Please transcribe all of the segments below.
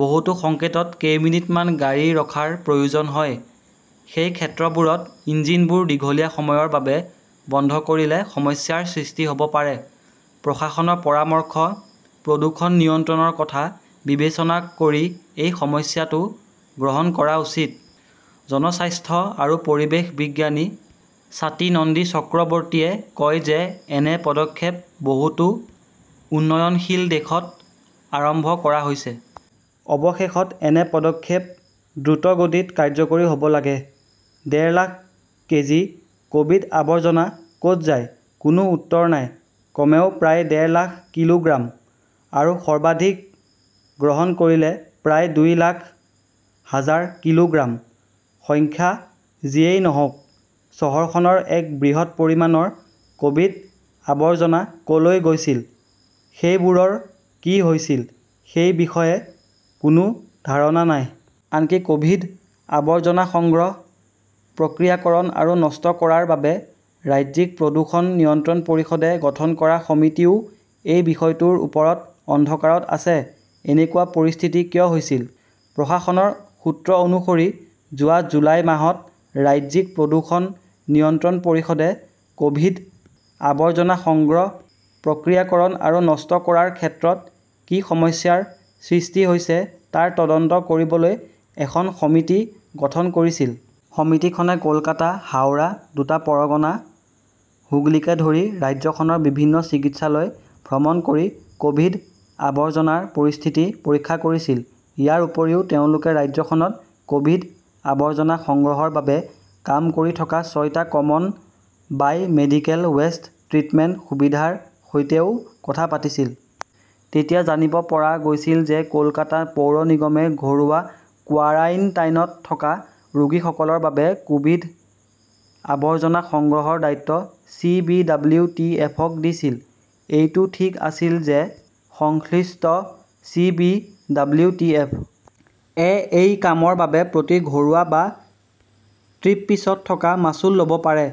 বহুতো সংকেতত কেইমিনিটমান গাড়ী ৰখাৰ প্ৰয়োজন হয়। সেই ক্ষেত্ৰবোৰত ইঞ্জিনবোৰ দীঘলীয়া সময়ৰ বাবে বন্ধ কৰিলে সমস্যাৰ সৃষ্টি হব পাৰে। প্ৰশাসনৰ পৰামৰ্শ, প্ৰদূষণ নিয়ন্ত্ৰণৰ কথা বিবেচনা কৰি এই সমস্যাটো গ্ৰহণ কৰা উচিত। জনস্বাস্থ্য আৰু পৰিৱেশ বিজ্ঞানী স্বাতী নন্দী চক্ৰৱৰ্তীয়ে কয় যে এনে পদক্ষেপ বহুতো উন্নয়নশীল দেশত আৰম্ভ কৰা হৈছে। অৱশেষত এনে পদক্ষেপ দ্ৰুতগতিত কাৰ্যকৰী হব লাগে। ডেৰ লাখ কেজি কভিড-আৱৰ্জনা কত যায়, কোনো উত্তৰ নাই কমেও প্ৰায় ডেৰ লাখ কিলোগ্ৰাম। আৰু সৰ্বাধিক গ্ৰহণ কৰিলে প্ৰায় দুই লাখ হাজাৰ কিলোগ্ৰাম! সংখ্যা যিয়েই নহওঁক, চহৰখনৰ এই বৃহৎ পৰিমাণৰ কভিড-আৱৰ্জনা কলৈ গৈছিল, সেইবোৰৰ কি হৈছিল সেই বিষয়ে কোনো ধাৰণা নাই। আনকি কভিড-আৱৰ্জনা সংগ্ৰহ, প্ৰক্ৰিয়াকৰণ আৰু নষ্ট কৰাৰ বাবে ৰাজ্যিক প্ৰদূষণ নিয়ন্ত্ৰণ পৰিষদে গঠন কৰা সমিতিও এই বিষয়টোৰ ওপৰত অন্ধকাৰত আছে। এনেকুৱা পৰিস্থিতি কিয় হৈছিল? প্ৰশাসনৰ সূত্ৰ অনুসৰি, যোৱা জুলাই মাহত ৰাজ্যিক প্ৰদূষণ নিয়ন্ত্ৰণ পৰিষদে কভিড-আৱৰ্জনা সংগ্ৰহ, প্ৰক্ৰিয়াকৰণ আৰু নষ্ট কৰাৰ ক্ষেত্ৰত কি সমস্যাৰ সৃষ্টি হৈছে তাৰ তদন্ত কৰিবলৈ এখন সমিতি গঠন কৰিছিল। সমিতিখনে কলকাতা, হাওৰা, দুটা পৰগনা, হুগলীকে ধৰি ৰাজ্যখনৰ বিভিন্ন চিকিৎসালয় ভ্ৰমণ কৰি কভিড আৱৰ্জনাৰ পৰিস্থিতি পৰীক্ষা কৰিছিল। ইয়াৰ উপৰিও, তেওঁলোকে ৰাজ্যখনত কভিড-আৱৰ্জনা সংগ্ৰহৰ বাবে কাম কৰি থকা ছয়টা 'common bio medical waste treatment সুবিধাৰ সৈতেও কথা পাতিছিল। তেতিয়া জানিব পৰা গৈছিল যে কলকাতা পৌৰ নিগমে ঘৰুৱা কোৱাৰাণ্টাইনত থকা ৰোগীসকলৰ বাবে কভিড-আৱৰ্জনা সংগ্ৰহৰ দায়িত্ব C. B. W. T. F. -ক দিছিল। এইটো ঠিক আছিল যে সংশ্লিষ্ট C. B. W. T. F. -এ এই কামৰ বাবে প্ৰতি ঘৰুৱা বা ট্ৰিপপিছত টকা মাচুল ল 'ব পাৰে।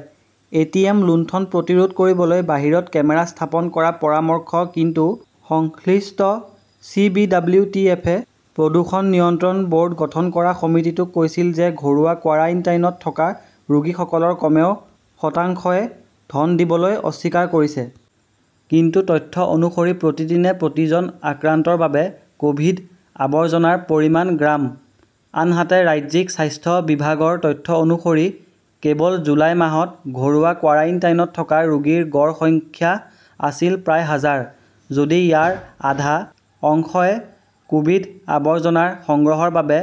এ. টি. এম. লুণ্ঠন প্ৰতিৰোধ কৰিবলৈ বাহিৰত কেমেৰা স্থাপন কৰাৰ পৰামৰ্শ কিন্তু সংশ্লিষ্ট C. B. W. T. F. -এ প্ৰদূষণ নিয়ন্ত্ৰণ বৰ্ড গঠন কৰা সমিতিটোক কৈছিল যে ঘৰুৱা কোৱাৰাণ্টাইনত থকা ৰোগীসকলৰ কমেও শতাংশই ধন দিবলৈ অস্বীকাৰ কৰিছে। কিন্তু তথ্য অনুসৰি প্ৰতিদিনে প্ৰতিজন আক্ৰান্তৰ বাবে কভিড-আৱৰ্জনাৰ পৰিমাণ গ্ৰাম। আনহাতে, ৰাজ্যিক স্বাস্থ্য বিভাগৰ তথ্য অনুসৰি, কেৱল জুলাই মাহত ঘৰুৱা কোৱাৰাণ্টাইনত থকা ৰোগীৰ গড় সংখ্যা আছিল প্ৰায় হাজাৰ। যদি ইয়াৰ আধা অংশই কভিড-আৱৰ্জনা সংগ্ৰহৰ বাবে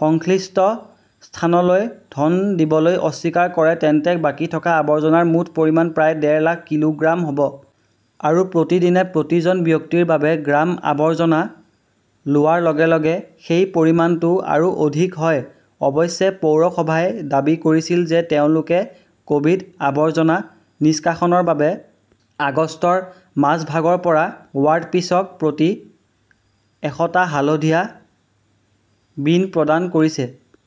সংশ্লিষ্ট সংস্থালৈ ধন দিবলৈ অস্বীকাৰ কৰে, তেন্তে বাকী থকা আৱৰ্জনাৰ মুঠ পৰিমাণ প্ৰায় ডেৰ লাখ কিলোগ্ৰাম হব। আৰু প্ৰতিদিনে প্ৰতিজন ব্যক্তিৰ বাবে গ্ৰাম আৱৰ্জনা লোৱাৰ লগে-লগে সেই পৰিমাণটো আৰু অধিক হয়! অৱশ্যে, পৌৰসভাই দাবী কৰিছিল যে তেওঁলোকে ক'ভিড-আৱৰ্জনা নিষ্কাশনৰ বাবে আগষ্টৰ মাজভাগৰ পৰা ৱাৰ্ডপিচক প্ৰতি এশ টা হালধীয়া বীন প্ৰদান কৰিছে।